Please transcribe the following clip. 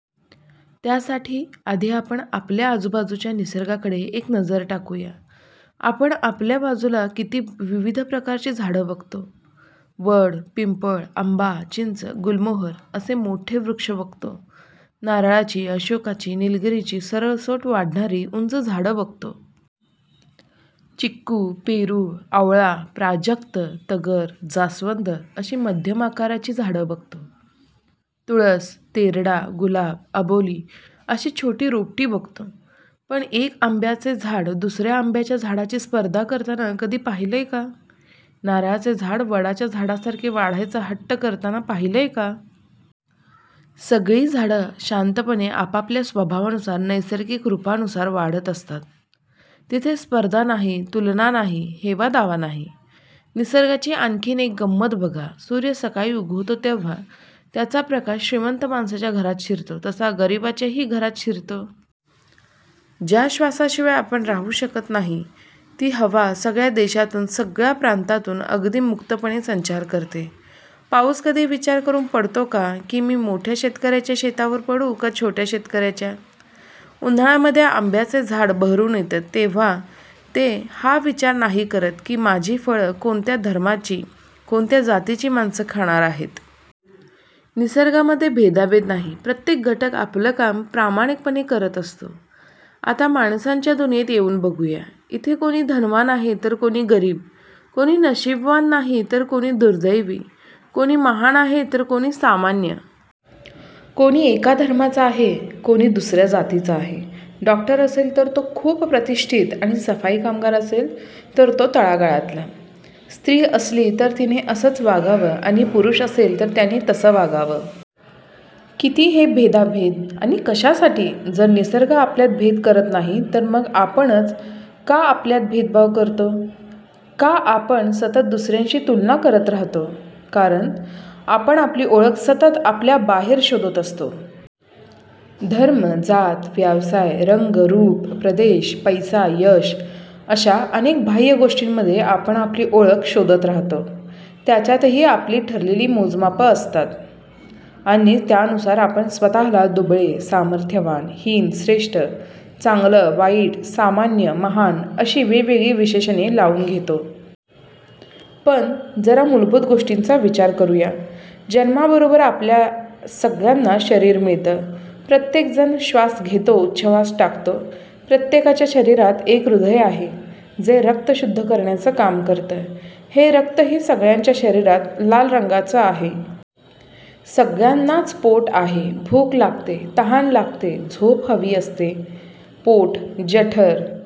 त्यासाठी आधी आपण आपल्या आजूबाजूच्या निसर्गाकडे एक नजर टाकूया. आपण आपल्या बाजूला किती विविध प्रकारची झाडं बघतो. वड, पिंपळ, आंबा, चिंच, गुलमोहर असे मोठे वृक्ष बघतो. नारळाची, अशोकाची, निलगिरीची सरळसोट वाढणारी उंच झाडं बघतो. चिकू, पेरू, आवळा, प्राजक्त, तगर, जास्वंद अशी मध्यम आकाराची झाडं बघतो. तुळस, तेरडा, गुलाब, अबोली अशी छोटी रोपटी बघतो. पण एक आंब्याचे झाड दुसऱ्या आंब्याच्या झाडाची स्पर्धा करताना कधी पाहिलंय का? नारळाचे झाड वडाच्या झाडासारखे वाढायचा हट्ट करताना पाहिलंय का? सगळी झाडं शांतपणे आपापल्या स्वभावानुसार नैसर्गिक रूपानुसार वाढत असतात. तिथे स्पर्धा नाही. तुलना नाही. हेवा दावा नाही. निसर्गाची आणखीन एक गंमत बघा. सूर्य सकाळी उगवतो तेव्हा त्याचा प्रकाश श्रीमंत माणसाच्या घरात शिरतो तसा गरिबाच्या ही घरात शिरतो. ज्या श्वासाशिवाय आपण राहू शकत नाही ती हवा सगळ्या देशातून सगळ्या प्रांतातून अगदी मुक्तपणे संचार करते. पाऊस कधी विचार करून पडतो का की मी मोठ्या शेतकऱ्याच्या शेतावर पडू का छोट्या शेतकऱ्याच्या? उन्हाळ्यामध्ये आंब्याचे झाड बहरून येतं तेव्हा ते हा विचार नाही करत की माझी फळं कोणत्या धर्माची कोणत्या जातीची माणसं खाणार आहेत. निसर्गामध्ये भेदाभेद नाही प्रत्येक घटक आपलं काम प्रामाणिकपणे करत असतो. आता माणसांच्या दुनियेत येऊन बघू या. इथे कोणी धनवान आहे तर कोणी गरीब. कोणी नशीबवान नाही तर कोणी दुर्दैवी. कोणी महान आहे तर कोणी सामान्य. कोणी एका धर्माचा आहे कोणी दुसऱ्या जातीचा आहे. डॉक्टर असेल तर तो खुप प्रतिष्ठित आणि सफाई कामगार असेल तर तो तळागाळातला. स्त्री असली तर तिने असंच वागावं आणि पुरुष असेल तर त्यांनी तसं वागावं. किती हे भेदाभेद आणि कशासाठी? जर निसर्ग आपल्यात भेद करत नाही तर मग आपणच का आपल्यात भेदभाव करतो? का आपण सतत दुसऱ्यांशी तुलना करत राहतो? कारण आपण आपली ओळख सतत आपल्या बाहेर शोधत असतो. धर्म, जात, व्यवसाय, रंग, रूप, प्रदेश, पैसा, यश अशा अनेक बाह्य गोष्टींमध्ये आपण आपली ओळख शोधत राहतो. त्याच्यातही आपली ठरलेली मोजमाप असतात. आणि त्यानुसार आपणच स्वतःला दुबळे-सामर्थ्यवान, हीन-श्रेष्ठ, चांगलं-वाईट, सामान्य महान अशी वेगवेगळी विशेषणे लावून घेतो. पण जरा मूलभूत गोष्टींचा विचार करुया. जन्मा बरोबर आपल्या सगळ्यांना शरीर मिळत. प्रत्येक जण श्वास घेतो उच्छवास टाकतो. प्रत्येकाच्या शरीरात एक हृदय आहे जे रक्त शुद्ध करण्याचं काम करतं. हे रक्त ही सगळ्यांच्या शरीरात लाल रंगाच आहे. सगळ्यांनाच पोट आहे. भूक लागते. तहान लागते. झोप हवी असते. पोट, जठर,